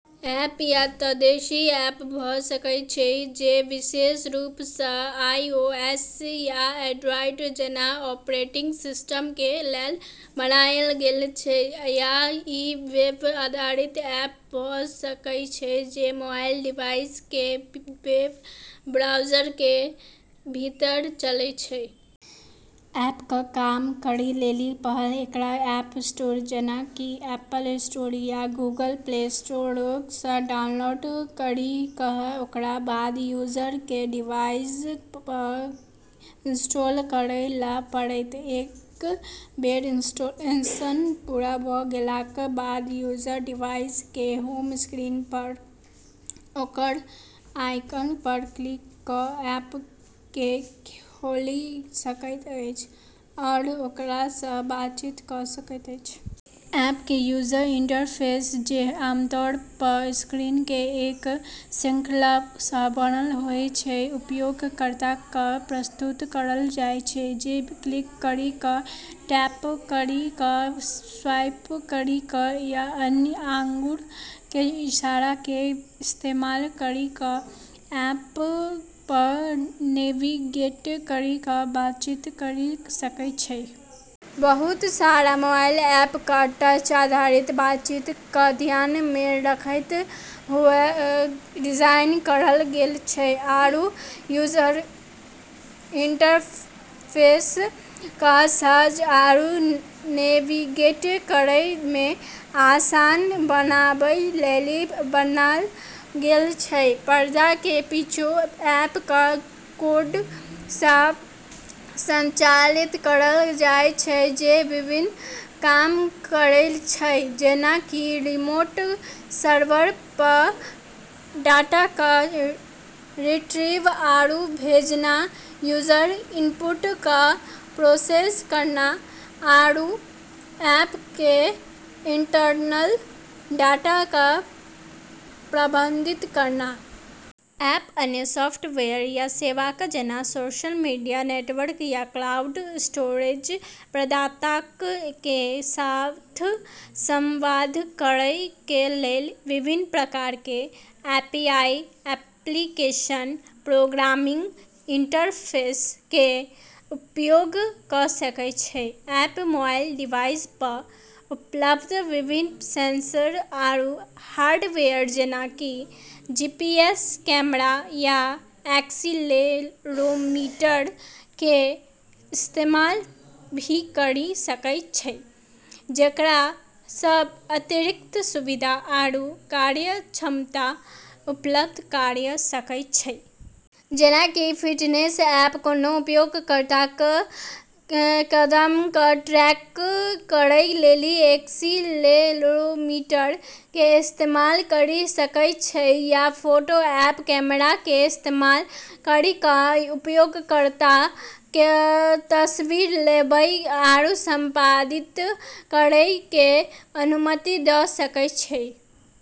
App या त देशी ऐप भ सकय छै, जे विशेष रूप सं आईओएस या एंड्रॉयड जैना ऑपरेटिंग सिस्टम के लेल बनायल गेल छै, या इ वेब आधारित ऐप भ सकय छै, जे मोबाइल डिवाइस के वेब ब्राउज़र के भीतर चलै छै। ऐप क काम करै लेली पहल एकरा ऐप स्टोर, जेना कि एप्पल स्टोर या गूगल प्ले स्टोर स डाउनलोड करी क ओकरा बाद यूजर के डिवाइस प इंस्टॉल करै ल पड़तै। एक बेर इंस्टॉलेशन पूरा भ गेलाक बाद यूजर डिवाइस के होम स्क्रीन पर ओकर आइकन पर क्लिक क ऐप के खोलि सकैत अछि आओर ओकरा सं बातचीत क सकैत अछि। ऐप के यूजर इंटरफेस, जे आमतौर प स्क्रीन के एक श्रृंखला स बनल होय छै, उपयोगकर्ता क प्रस्तुत करल जाय छै, जे क्लिक करी क, टैप करी क, स्वाइप करी क या अन्य आँगुर के इशारा के इस्तेमाल करी क ऐप प नेविगेट करी क बातचीत करी सकै छै। बहुत सारा मोबाइल ऐप क टच आधारित बातचीत क ध्यान मे रखतें हुअ डिजाइन करल गेल छै, आरू यूजर इंटरफेस क सहज आरू नेविगेट करै मे आसान बनाबै लेली बनाल गेल छै। पर्दा के पीछू ऐप क कोड स संचालित करल जाय छै जे विभिन्न काम करै छै, जेना कि रिमोट सर्वर प डाटा क रिट्रीव आरू भेजना, यूजर इनपुट क प्रोसेस करना, आरू ऐप के इंटरनल डाटा क प्रबंधित करना। ऐप अन्य सॉफ्टवेयर या सेवाक, जेना सोशल मीडिया नेटवर्क या क्लाउड स्टोरेज प्रदाताक के साथ संवाद करय के लेल विभिन्न प्रकार के एपीआई (एप्लीकेशन प्रोग्रामिंग इंटरफेस) के उपयोग क सकय छै। ऐप मोबाइल डिवाइस प उपलब्ध विभिन्न सेंसर आरू हार्डवेयर, जेना कि जीपीएस, कैमरा, या एक्सीलेरोमीटर के इस्तेमाल भी करी सकै छै, जेकरा स अतिरिक्त सुविधा आरू कार्यक्षमता उपलब्ध कराय सकै छै। जेना कि फिटनेस ऐप कोनों उपयोगकर्ता के कदम क ट्रैक करै लेली एक्सीलेरोमीटर के इस्तेमाल करी सकै छै, या फोटो ऐप कैमरा के इस्तेमाल करी क उपयोगकर्ता क तस्वीर लेबै आरू संपादित करै के अनुमति द सकै छै।